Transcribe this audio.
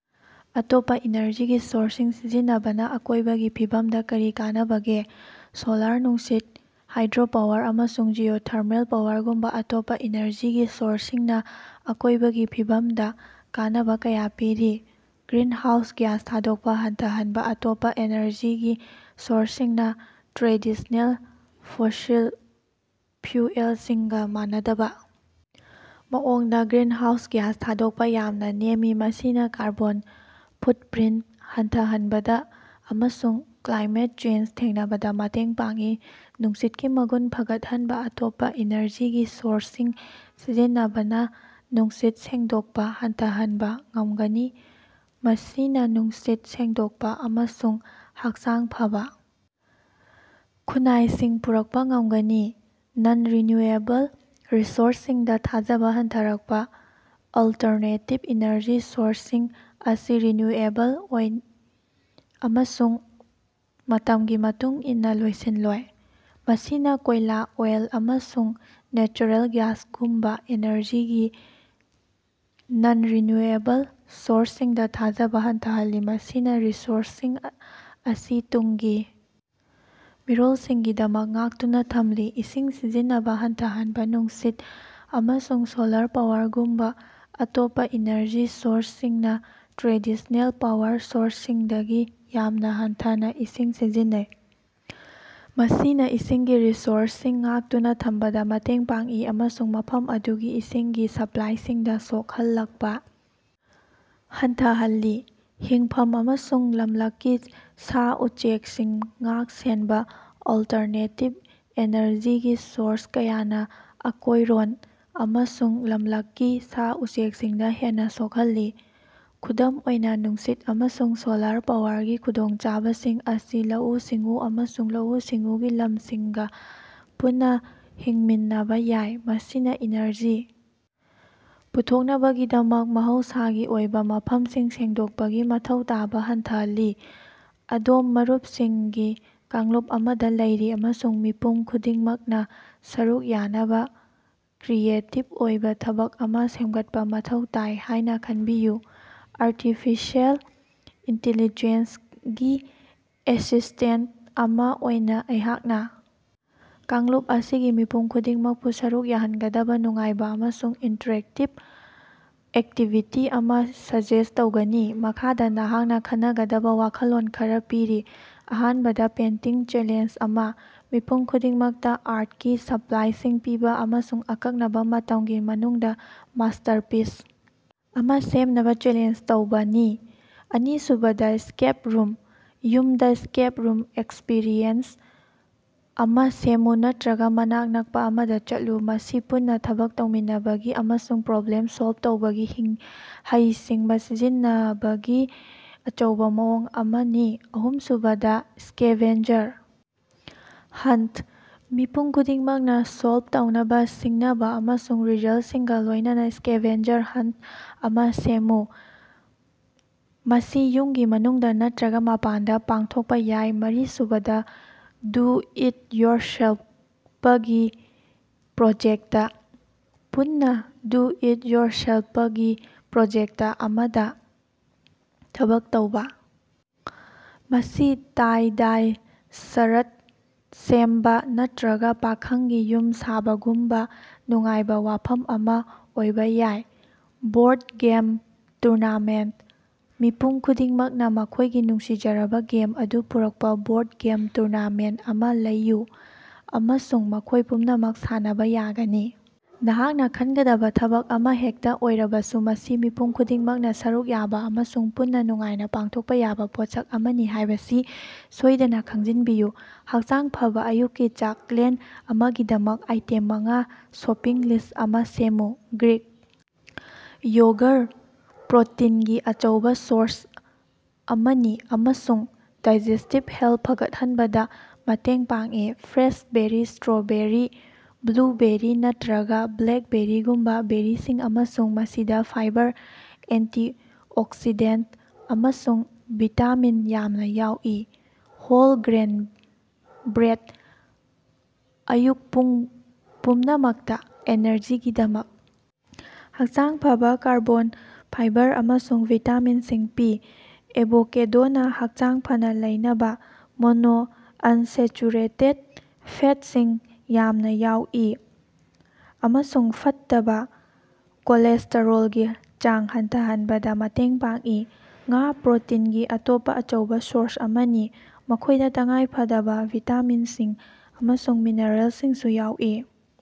ꯑꯇꯣꯞꯄꯥ ꯏꯅꯔꯖꯤꯒꯤ ꯁꯣꯔꯁꯁꯤꯡ ꯁꯤꯖꯤꯟꯅꯕꯅꯥ ꯑꯀꯣꯏꯕꯒꯤ ꯐꯤꯕꯝꯗꯥ ꯀꯔꯤ ꯀꯥꯟꯅꯕꯒꯦ? ꯁꯣꯂꯥꯔ, ꯅꯨꯡꯁꯤꯠ, ꯍꯥꯏꯗ꯭ꯔꯣꯄꯥꯋꯔ ꯑꯃꯁꯨꯡ ꯖꯤꯑꯣꯊꯔꯃꯦꯜ ꯄꯥꯋꯔꯒꯨꯝꯕꯥ ꯑꯇꯣꯞꯄꯥ ꯏꯅꯔꯖꯤꯒꯤ ꯁꯣꯔꯁꯁꯤꯡꯅꯥ ꯑꯀꯣꯏꯕꯒꯤ ꯐꯤꯕꯝꯗꯥ ꯀꯥꯟꯅꯕꯥ ꯀꯌꯥ ꯄꯤꯔꯤ꯫ ꯒ꯭ꯔꯤꯟꯍꯥꯎꯁ ꯒ꯭ꯌꯥꯁ ꯊꯥꯗꯣꯛꯄꯥ ꯍꯟꯊꯍꯟꯕꯥ: ꯑꯇꯣꯞꯄꯥ ꯑꯦꯅꯔꯖꯤꯒꯤ ꯁꯣꯔꯁꯁꯤꯡꯅꯥ ꯇ꯭ꯔꯦꯗꯤꯁꯅꯦꯜ ꯐꯣꯁꯤꯜ ꯐ꯭ꯌꯨꯑꯦꯜꯁꯤꯡꯒꯥ ꯃꯥꯟꯅꯗꯕꯥ ꯃꯑꯣꯡꯗꯥ ꯒ꯭ꯔꯤꯟꯍꯥꯎꯁ ꯒ꯭ꯌꯥꯁ ꯊꯥꯗꯣꯛꯄꯥ ꯌꯥꯝꯅꯥ ꯅꯦꯝꯃꯤ꯫ ꯃꯁꯤꯅꯥ ꯀꯥꯔꯕꯣꯟ ꯐꯨꯠꯄ꯭ꯔꯤꯟꯇ ꯍꯟꯊꯍꯟꯕꯗꯥ ꯑꯃꯁꯨꯡ ꯀ꯭ꯂꯥꯏꯃꯦꯠ ꯆꯦꯟꯖ ꯊꯦꯡꯅꯕꯗꯥ ꯃꯇꯦꯡ ꯄꯥꯡꯏ꯫ ꯅꯨꯡꯁꯤꯠꯀꯤ ꯃꯒꯨꯟ ꯐꯒꯠꯍꯟꯕꯥ: ꯑꯇꯣꯞꯄꯥ ꯏꯅꯔꯖꯤꯒꯤ ꯁꯣꯔꯁꯁꯤꯡ ꯁꯤꯖꯤꯟꯅꯕꯅꯥ ꯅꯨꯡꯁꯤꯠ ꯁꯦꯡꯗꯣꯛꯄꯥ ꯍꯟꯊꯍꯟꯕꯥ ꯉꯝꯒꯅꯤ, ꯃꯁꯤꯅꯥ ꯅꯨꯡꯁꯤꯠ ꯁꯦꯡꯗꯣꯛꯄꯥ ꯑꯃꯁꯨꯡ ꯍꯛꯆꯥꯡ ꯐꯕꯥ ꯈꯨꯟꯅꯥꯏꯁꯤꯡ ꯄꯨꯔꯛꯄꯥ ꯉꯝꯒꯅꯤ꯫ ꯅꯟ-ꯔꯤꯅ꯭ꯌꯨꯑꯦꯕꯜ ꯔꯤꯁꯣꯔꯁꯁꯤꯡꯗꯥ ꯊꯥꯖꯕꯥ ꯍꯟꯊꯔꯛꯄꯥ: ꯑꯜꯇꯔꯅꯦꯇꯤꯚ ꯏꯅꯔꯖꯤ ꯁꯣꯔꯁꯁꯤꯡ ꯑꯁꯤ ꯔꯤꯅ꯭ꯌꯨꯑꯦꯕꯜ ꯑꯣꯏ ꯑꯃꯁꯨꯡ ꯃꯇꯝꯒꯤ ꯃꯇꯨꯡ ꯏꯟꯅꯥ ꯂꯣꯏꯁꯤꯟꯂꯣꯏ꯫ ꯃꯁꯤꯅꯥ ꯀꯣꯏꯂꯥ, ꯑꯣꯏꯜ, ꯑꯃꯁꯨꯡ ꯅꯦꯆꯔꯦꯜ ꯒ꯭ꯌꯥꯁꯒꯨꯝꯕꯥ ꯏꯅꯔꯖꯤꯒꯤ ꯅꯟ-ꯔꯤꯅ꯭ꯌꯨꯑꯦꯕꯜ ꯁꯣꯔꯁꯁꯤꯡꯗꯥ ꯊꯥꯖꯕꯥ ꯍꯟꯊꯍꯜꯂꯤ, ꯃꯁꯤꯅꯥ ꯔꯤꯁꯣꯔꯁꯁꯤꯡ ꯑꯁꯤ ꯇꯨꯡꯒꯤ ꯃꯤꯔꯣꯜꯁꯤꯡꯒꯤꯗꯃꯛ ꯉꯥꯛꯇꯨꯅꯥ ꯊꯝꯂꯤ꯫ ꯏꯁꯤꯡ ꯁꯤꯖꯤꯟꯅꯕꯥ ꯍꯟꯊꯍꯟꯕꯥ: ꯅꯨꯡꯁꯤꯠ ꯑꯃꯁꯨꯡ ꯁꯣꯂꯥꯔ ꯄꯥꯋꯔꯒꯨꯝꯕꯥ ꯑꯇꯣꯞꯄꯥ ꯏꯅꯔꯖꯤ ꯁꯣꯔꯁꯁꯤꯡꯅꯥ ꯇ꯭ꯔꯦꯗꯤꯁꯅꯦꯜ ꯄꯥꯋꯔ ꯁꯣꯔꯁꯁꯤꯡꯗꯒꯤ ꯌꯥꯝꯅꯥ ꯍꯟꯊꯅꯥ ꯏꯁꯤꯡ ꯁꯤꯖꯤꯟꯅꯩ꯫ ꯃꯁꯤꯅꯥ ꯏꯁꯤꯡꯒꯤ ꯔꯤꯁꯣꯔꯁꯁꯤꯡ ꯉꯥꯛꯇꯨꯅꯥ ꯊꯝꯕꯗꯥ ꯃꯇꯦꯡ ꯄꯥꯡꯏ ꯑꯃꯁꯨꯡ ꯃꯐꯝ ꯑꯗꯨꯒꯤ ꯏꯁꯤꯡꯒꯤ ꯁꯄ꯭ꯂꯥꯏꯁꯤꯡꯗꯥ ꯁꯣꯛꯍꯜꯂꯛꯄꯥ ꯍꯟꯊꯍꯜꯂꯤ꯫ ꯍꯤꯡꯐꯝ ꯑꯃꯁꯨꯡ ꯂꯝꯂꯛꯀꯤ ꯁꯥ-ꯎꯆꯦꯛꯁꯤꯡ ꯉꯥꯛ-ꯁꯦꯟꯕꯥ: ꯑꯜꯇꯔꯅꯦꯇꯤꯚ ꯑꯦꯅꯔꯖꯤꯒꯤ ꯁꯣꯔꯁ ꯀꯌꯥꯅꯥ ꯑꯀꯣꯏꯔꯣꯟ ꯑꯃꯁꯨꯡ ꯂꯝꯂꯛꯀꯤ ꯁꯥ-ꯎꯆꯦꯛꯁꯤꯡꯗꯥ ꯍꯦꯟꯅꯥ ꯁꯣꯛꯍꯜꯂꯤ꯫ ꯈꯨꯗꯝ ꯑꯣꯏꯅꯥ, ꯅꯨꯡꯁꯤꯠ ꯑꯃꯁꯨꯡ ꯁꯣꯂꯥꯔ ꯄꯥꯋꯔꯒꯤ ꯈꯨꯗꯣꯡꯆꯥꯕꯁꯤꯡ ꯑꯁꯤ ꯂꯧꯎ-ꯁꯤꯡꯎ ꯑꯃꯁꯨꯡ ꯂꯧꯎ-ꯁꯤꯡꯎꯒꯤ ꯂꯝꯁꯤꯡꯒꯥ ꯄꯨꯟꯅꯥ ꯍꯤꯡꯃꯤꯟꯅꯕꯥ ꯌꯥꯏ, ꯃꯁꯤꯅꯥ ꯏꯅꯔꯖꯤ ꯄꯨꯊꯣꯛꯅꯕꯒꯤꯗꯃꯛ ꯃꯍꯧꯁꯥꯒꯤ ꯑꯣꯏꯕꯥ ꯃꯐꯝꯁꯤꯡ ꯁꯦꯡꯗꯣꯛꯄꯒꯤ ꯃꯊꯧ ꯇꯥꯕꯥ ꯍꯟꯊꯍꯜꯂꯤ꯫ ꯑꯗꯣꯝ ꯃꯔꯨꯞꯁꯤꯡꯒꯤ ꯀꯥꯡꯂꯨꯞ ꯑꯃꯗꯥ ꯂꯩꯔꯤ ꯑꯃꯁꯨꯡ ꯃꯤꯄꯨꯝ ꯈꯨꯗꯤꯡꯃꯛꯅꯥ ꯁꯔꯨꯛ ꯌꯥꯅꯕꯥ ꯀ꯭ꯔꯤꯌꯦꯇꯤꯚ ꯑꯣꯏꯕꯥ ꯊꯕꯛ ꯑꯃꯥ ꯁꯦꯝꯒꯠꯄꯥ ꯃꯊꯧ ꯇꯥꯏ ꯍꯥꯏꯅꯥ ꯈꯟꯕꯤꯌꯨ꯫ ꯑꯔꯇꯤꯐꯤꯁꯦꯜ ꯏꯟꯇꯤꯂꯤꯖꯦꯟꯁꯒꯤ ꯑꯦꯁꯤꯁꯇꯦꯟꯇ ꯑꯃꯥ ꯑꯣꯏꯅꯥ ꯑꯩꯍꯥꯛꯅꯥ ꯀꯥꯡꯂꯨꯞ ꯑꯁꯤꯒꯤ ꯃꯤꯄꯨꯝ ꯈꯨꯗꯤꯡꯃꯛꯄꯨ ꯁꯔꯨꯛ ꯌꯥꯍꯟꯒꯗꯕꯥ ꯅꯨꯡꯉꯥꯏꯕꯥ ꯑꯃꯁꯨꯡ ꯏꯟꯇ꯭ꯔꯦꯛꯇꯤꯚ ꯑꯦꯛꯇꯤꯕꯤꯇꯤ ꯑꯃꯥ ꯁꯖꯦꯁ ꯇꯧꯒꯅꯤ꯫ ꯃꯈꯥꯗꯥ ꯅꯍꯥꯛꯅꯥ ꯈꯟꯅꯒꯗꯕꯥ ꯋꯥꯈꯜꯂꯣꯟ ꯈꯔꯥ ꯄꯤꯔꯤ: ꯑꯍꯥꯟꯕꯗ ꯄꯦꯟꯇꯤꯡ ꯆꯦꯂꯦꯟꯖ ꯑꯃꯥ: ꯃꯤꯄꯨꯝ ꯈꯨꯗꯤꯡꯃꯛꯇꯥ ꯑꯥꯔꯠꯀꯤ ꯁꯄ꯭ꯂꯥꯏꯁꯤꯡ ꯄꯤꯕꯥ ꯑꯃꯁꯨꯡ ꯑꯀꯛꯅꯕꯥ ꯃꯇꯝꯒꯤ ꯃꯅꯨꯡꯗꯥ ꯃꯥꯁꯇꯔꯄꯤꯁ ꯑꯃꯥ ꯁꯦꯝꯅꯕꯥ ꯆꯦꯂꯦꯟꯖ ꯇꯧꯕꯥꯅꯤ꯫ ꯑꯅꯤꯁꯨꯕꯗ ꯁ꯭ꯀꯦꯞ ꯔꯨꯝ: ꯌꯨꯝꯗꯥ ꯁ꯭ꯀꯦꯞ ꯔꯨꯝ ꯑꯦꯛꯁꯄꯤꯔꯤꯑꯦꯟꯁ ꯑꯃꯥ ꯁꯦꯝꯃꯨ ꯅꯠꯇ꯭ꯔꯒꯥ ꯃꯅꯥꯛ ꯅꯛꯄꯥ ꯑꯃꯗꯥ ꯆꯠꯂꯨ꯫ ꯃꯁꯤ ꯄꯨꯟꯅꯥ ꯊꯕꯛ ꯇꯧꯃꯤꯟꯅꯕꯒꯤ ꯑꯃꯁꯨꯡ ꯄ꯭ꯔꯣꯕ꯭ꯂꯦꯝ ꯁꯣꯜꯕ ꯇꯧꯕꯒꯤ ꯍꯩꯁꯤꯡꯕꯥ ꯁꯤꯖꯤꯟꯅꯕꯒꯤ ꯑꯆꯧꯕꯥ ꯃꯑꯣꯡ ꯑꯃꯅꯤ꯫ ꯑꯍꯨꯝꯁꯨꯕꯗꯥ ꯁ꯭ꯀꯦꯚꯦꯟꯖꯔ ꯍꯟꯇ: ꯃꯤꯄꯨꯝ ꯈꯨꯗꯤꯡꯃꯛꯅꯥ ꯁꯣꯜꯕ ꯇꯧꯅꯕꯥ ꯁꯤꯡꯅꯕꯥ ꯑꯃꯁꯨꯡ ꯔꯤꯖꯜꯁꯤꯡꯒꯥ ꯂꯣꯏꯅꯅꯥ ꯁ꯭ꯀꯦꯚꯦꯟꯖꯔ ꯍꯟꯇ ꯑꯃꯥ ꯁꯦꯝꯃꯨ꯫ ꯃꯁꯤ ꯌꯨꯝꯒꯤ ꯃꯅꯨꯡꯗꯥ ꯅꯠꯇ꯭ꯔꯒꯥ ꯃꯄꯥꯟꯗꯥ ꯄꯥꯡꯊꯣꯛꯄꯥ ꯌꯥꯏ꯫ ꯃꯔꯤꯁꯨꯕꯗ ꯗꯨ ꯏꯠ ꯌꯣꯔꯁꯦꯜꯄꯒꯤ ꯄ꯭ꯔꯣꯖꯦꯛꯇ: ꯄꯨꯟꯅꯥ ꯗꯨ ꯏꯠ ꯌꯣꯔꯁꯦꯜꯄꯒꯤ ꯄ꯭ꯔꯣꯖꯦꯛꯇ ꯑꯃꯗꯥ ꯊꯕꯛ ꯇꯧꯕꯥ꯫ ꯃꯁꯤ ꯇꯥꯏ-ꯗꯥꯏ ꯁꯔꯠ ꯁꯦꯝꯕꯥ ꯅꯠꯇ꯭ꯔꯒꯥ ꯄꯥꯈꯪꯒꯤ ꯌꯨꯝ ꯁꯥꯕꯒꯨꯝꯕꯥ ꯅꯨꯡꯉꯥꯏꯕꯥ ꯋꯥꯐꯝ ꯑꯃꯥ ꯑꯣꯏꯕꯥ ꯌꯥꯏ꯫ ꯕꯣꯔꯗ ꯒꯦꯝ ꯇꯨꯔꯅꯥꯃꯦꯟꯇ: ꯃꯤꯄꯨꯝ ꯈꯨꯗꯤꯡꯃꯛꯅꯥ ꯃꯈꯣꯏꯒꯤ ꯅꯨꯡꯁꯤꯖꯔꯕꯥ ꯒꯦꯝ ꯑꯗꯨ ꯄꯨꯔꯛꯄꯥ ꯕꯣꯔꯗ ꯒꯦꯝ ꯇꯨꯔꯅꯥꯃꯦꯟꯇ ꯑꯃꯥ ꯂꯩꯌꯨ, ꯑꯃꯁꯨꯡ ꯃꯈꯣꯏ ꯄꯨꯝꯅꯃꯛ ꯁꯥꯟꯅꯕꯥ ꯌꯥꯒꯅꯤ꯫ ꯅꯍꯥꯛꯅꯥ ꯈꯟꯒꯗꯕꯥ ꯊꯕꯛ ꯑꯃꯥ ꯍꯦꯛꯇꯥ ꯑꯣꯏꯔꯕꯁꯨ, ꯃꯁꯤ ꯃꯤꯄꯨꯝ ꯈꯨꯗꯤꯡꯃꯛꯅꯥ ꯁꯔꯨꯛ ꯌꯥꯕꯥ ꯑꯃꯁꯨꯡ ꯄꯨꯟꯅꯥ ꯅꯨꯡꯉꯥꯏꯅꯥ ꯄꯥꯡꯊꯣꯛꯄꯥ ꯌꯥꯕꯥ ꯄꯣꯠꯁꯛ ꯑꯃꯅꯤ ꯍꯥꯏꯕꯁꯤ ꯁꯣꯏꯗꯅꯥ ꯈꯪꯖꯤꯟꯕꯤꯌꯨ꯫ ꯍꯛꯆꯥꯡ ꯐꯕꯥ ꯑꯌꯨꯛꯀꯤ ꯆꯥꯛꯂꯦꯟ ꯑꯃꯒꯤꯗꯃꯛ ꯑꯥꯏꯇꯦꯝ ꯃꯉꯥꯒꯤ ꯁꯣꯄꯤꯡ ꯂꯤꯁ ꯑꯃꯥ ꯁꯦꯝꯃꯨ꯫ ꯒ꯭ꯔꯤꯛ ꯌꯣꯒꯔ ꯄ꯭ꯔꯣꯇꯤꯟꯒꯤ ꯑꯆꯧꯕꯥ ꯁꯣꯔꯁ ꯑꯃꯅꯤ ꯑꯃꯁꯨꯡ ꯗꯥꯏꯖꯦꯁꯇꯤꯚ ꯍꯦꯜꯊ ꯐꯒꯠꯍꯟꯕꯗꯥ ꯃꯇꯦꯡ ꯄꯥꯡꯏ ꯐ꯭ꯔꯦꯁ ꯕꯦꯔꯤ ꯏꯁꯇ꯭ꯔꯣꯕꯦꯔꯤ, ꯕ꯭ꯂꯨꯕꯦꯔꯤ ꯅꯠꯇ꯭ꯔꯒꯥ ꯕ꯭ꯂꯦꯛꯕꯦꯔꯤꯒꯨꯝꯕꯥ ꯕꯦꯔꯤꯁꯤꯡ ꯑꯃꯁꯨꯡ ꯃꯁꯤꯗꯥ ꯐꯥꯏꯕꯔ, ꯑꯦꯟꯇꯤꯑꯣꯛꯁꯤꯗꯦꯟꯇ ꯑꯃꯁꯨꯡ ꯚꯤꯇꯥꯃꯤꯟ ꯌꯥꯝꯅꯥ ꯌꯥꯎꯏ꯫ ꯍꯣꯜ ꯒ꯭ꯔꯦꯟ ꯕ꯭ꯔꯦꯗ ꯑꯌꯨꯛ ꯄꯨꯡ ꯄꯨꯝꯅꯃꯛꯇꯥ ꯑꯦꯅꯔꯖꯤꯒꯤꯗꯃꯛ ꯍꯛꯆꯥꯡ ꯐꯕꯥ ꯀꯥꯔꯕꯣꯟ, ꯐꯥꯏꯕꯔ ꯑꯃꯁꯨꯡ ꯚꯤꯇꯥꯃꯤꯟꯁꯤꯡ ꯄꯤ꯫ ꯑꯦꯚꯣꯀꯦꯗꯣꯅ ꯍꯛꯆꯥꯡ ꯐꯅꯥ ꯂꯩꯅꯕꯥ ꯃꯣꯅꯣꯑꯟꯁꯦꯆꯨꯔꯦꯇꯦꯠ ꯐꯦꯠꯁꯤꯡ ꯌꯥꯝꯅꯥ ꯌꯥꯎꯏ ꯑꯃꯁꯨꯡ ꯐꯠꯇꯕꯥ ꯀꯣꯂꯦꯁꯇꯦꯔꯣꯜꯒꯤ ꯆꯥꯡ ꯍꯟꯊꯍꯟꯕꯗꯥ ꯃꯇꯦꯡ ꯄꯥꯡꯏ꯫ ꯉꯥ ꯄ꯭ꯔꯣꯇꯤꯟꯒꯤ ꯑꯇꯣꯞꯄꯥ ꯑꯆꯧꯕꯥ ꯁꯣꯔꯁ ꯑꯃꯅꯤ, ꯃꯈꯣꯏꯗꯥ ꯇꯉꯥꯏꯐꯗꯕꯥ ꯚꯤꯇꯥꯃꯤꯟꯁꯤꯡ ꯑꯃꯁꯨꯡ ꯃꯤꯅꯔꯦꯜꯁꯤꯡꯁꯨ ꯌꯥꯎꯏ꯫